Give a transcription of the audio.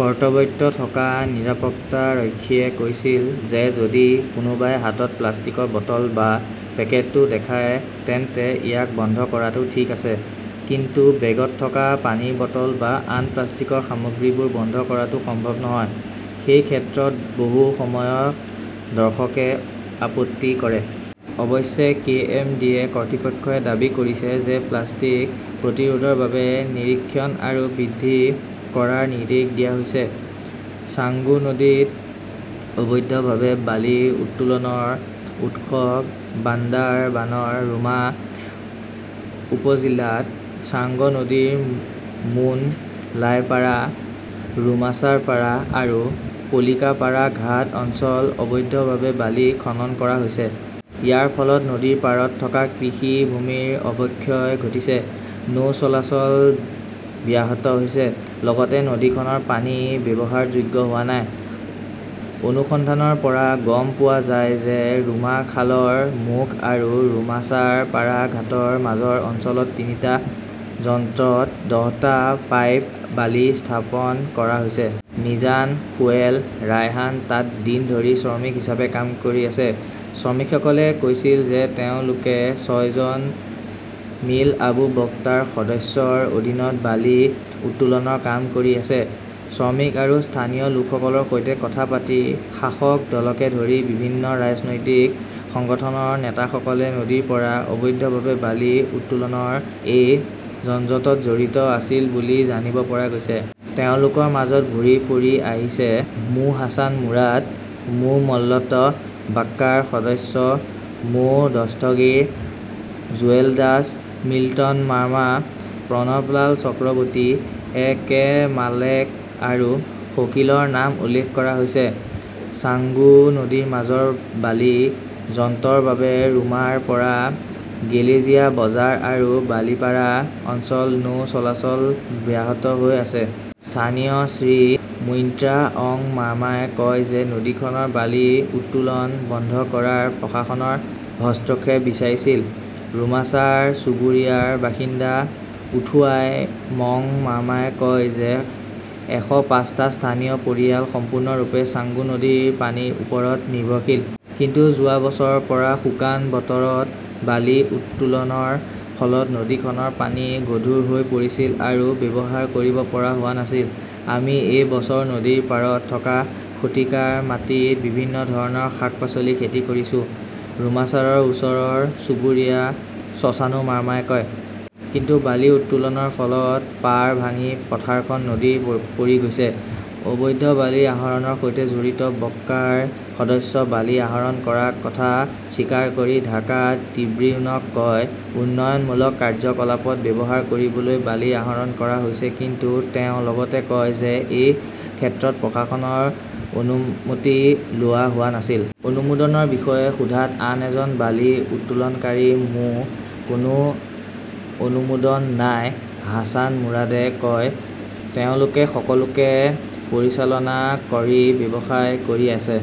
কৰ্তব্যতত থকা নিৰাপত্তাৰক্ষীয়ে কৈছিল যে যদি কোনোবাই হাতত প্লাষ্টিকৰ বটল বা পেকেটটো দেখে তেন্তে ইয়াক বন্ধ কৰাটো ঠিক আছে। কিন্তু বেগত থকা পানীৰ বটল বা আন প্লাষ্টিকৰ সামগ্ৰীবোৰ বন্ধ কৰাটো সম্ভৱ নহয়। সেই ক্ষেত্ৰত বহু সময়ত দৰ্শকে আপত্তি কৰে। অৱশ্যে, কে. এম. ডি. এ. কৰ্তৃপক্ষই দাবী কৰিছে যে প্লাষ্টিক প্ৰতিৰোধৰ বাবে নিৰীক্ষণ আৰু বৃদ্ধি কৰাৰ নিৰ্দেশ দিয়া হৈছে। ছাংগু নদীত অবৈধভাৱে বালি উত্তোলনৰ উৎসৱ বান্দাৰবানৰ ৰুমা উপজিল্লাত ছাংগু নদীৰ মুন লাই পাৰা, ৰুমাচাৰ পাৰা আৰু পলিকা পাৰা ঘাট অঞ্চল অবৈধভাৱে বালি খনন কৰা হৈছে। ইয়াৰ ফলত নদীৰ পাৰত থকা কৃষি ভূমিৰ অৱক্ষয় ঘটিছে, নৌ চলাচল ব্যাহত হৈছে। লগতে নদীখনৰ পানী ব্যৱহাৰযোগ্য হোৱা নাই। অনুসন্ধানৰ পৰা গম পোৱা যায় যে ৰুমা খালৰ মুখ আৰু ৰুমাচাৰ পাৰা ঘাটৰ মাজৰ অঞ্চলত তিনিটা যন্ত্ৰত দহটা পাইপ বালি স্থাপন কৰা হৈছে। মিজান, সোহেল, ৰায়হান তাত দিন ধৰি শ্ৰমিক হিচাপে কাম কৰি আছে। শ্ৰমিকসকলে কৈছিল যে তেওঁলোকে ছয়জন মিল আবু বক্তাৰ সদস্যৰ অধীনত বালি উত্তোলনৰ কাম কৰি আছে। শ্ৰমিক আৰু স্থানীয় লোকসকলৰ সৈতে কথা পাতি শাসক দলকে ধৰি বিভিন্ন ৰাজনৈতিক সংগঠনৰ নেতাসকলে নদীৰ পৰা অবৈধভাৱে বালি উত্তোলনৰ এই যনজটত জড়িত আছিল বুলি জানিব পৰা গৈছে। তেওঁলোকৰ মাজত ঘূৰি ফুৰি আহিছে মো. হাছান মুৰাদ, মো. মলত্ব, বক্কাৰ সদস্য, মো. দস্তগিৰ, জুৱেল দাস, মিল্টন মাৰ্মা, প্ৰণৱ লাল চক্ৰৱৰ্তী, এ কে মালেক আৰু শকীলৰ নাম উল্লেখ কৰা হৈছে। ছাংগু নদীৰ মাজৰ বালি যন্ত্ৰৰ বাবে ৰুমাৰ পৰা গেলেজিয়া বজাৰ আৰু বলিপাড়া অঞ্চল নৌ চলাচল ব্যাহত হৈ আছে। স্থানীয় শ্ৰী মুইন্ত্ৰা অং মাৰ্মাই কয় তেওঁ নদীখনৰ বালি উত্তোলন বন্ধ কৰাত প্ৰশাসনৰ হস্তক্ষেপ বিচাৰিছিল। ৰুমাচাৰ চুবুৰীয়াৰ বাসিন্দা উথোৱাই মং মাৰ্মাই কয় যে এশ পাঁচটা স্থানীয় পৰিয়াল সম্পূৰ্ণৰূপে ছাংগু নদীৰ পানীৰ ওপৰত নিৰ্ভৰশীল। কিন্তু যোৱা বছৰৰ পৰা শুকান বতৰত বালি উত্তোলনৰ ফলত নদীখনৰ পানী গধুৰ হৈ পৰিছিল আৰু ব্যৱহাৰ কৰিব পৰা হোৱা নাছিল। আমি এই বছৰ নদীৰ পাৰত থকা শতিকাৰ মাটিত বিভিন্ন ধৰণৰ শাক-পাচলি খেতি কৰিছো, ৰুমাচাৰৰ ওপৰৰ চুবুৰীয়া চছানু মাৰ্মাই কয়। কিন্তু বালি উত্তোলনৰ ফলত পাৰ ভাঙি পথাৰখন নদীত পৰি গৈছে। অবৈধ বালি আহৰণৰ সৈতে জড়িত বক্কাৰ সদস্যই বালি আহৰণ কৰাৰ কথা স্বীকাৰ কৰি ঢাকা ট্ৰিবিউনক কয় উন্নয়নমূলক কাৰ্যকলাপত ব্যৱহাৰ কৰিবলৈ বালি আহৰণ কৰা হৈছে কিন্তু তেওঁ লগতে কয় যে এই ক্ষেত্ৰত প্ৰশাসনৰ অনুমতি লোৱা হোৱা নাছিল। অনুমোদনৰ বিষয়ে সোধাত আন এজন বালি উত্তোলনকাৰী মো. কোনো অনুমোদন নাই হাছান মুৰাদে কয় তেওঁলোকে সকলোকে পৰিচালনা কৰি ব্যৱসায় কৰি আছে।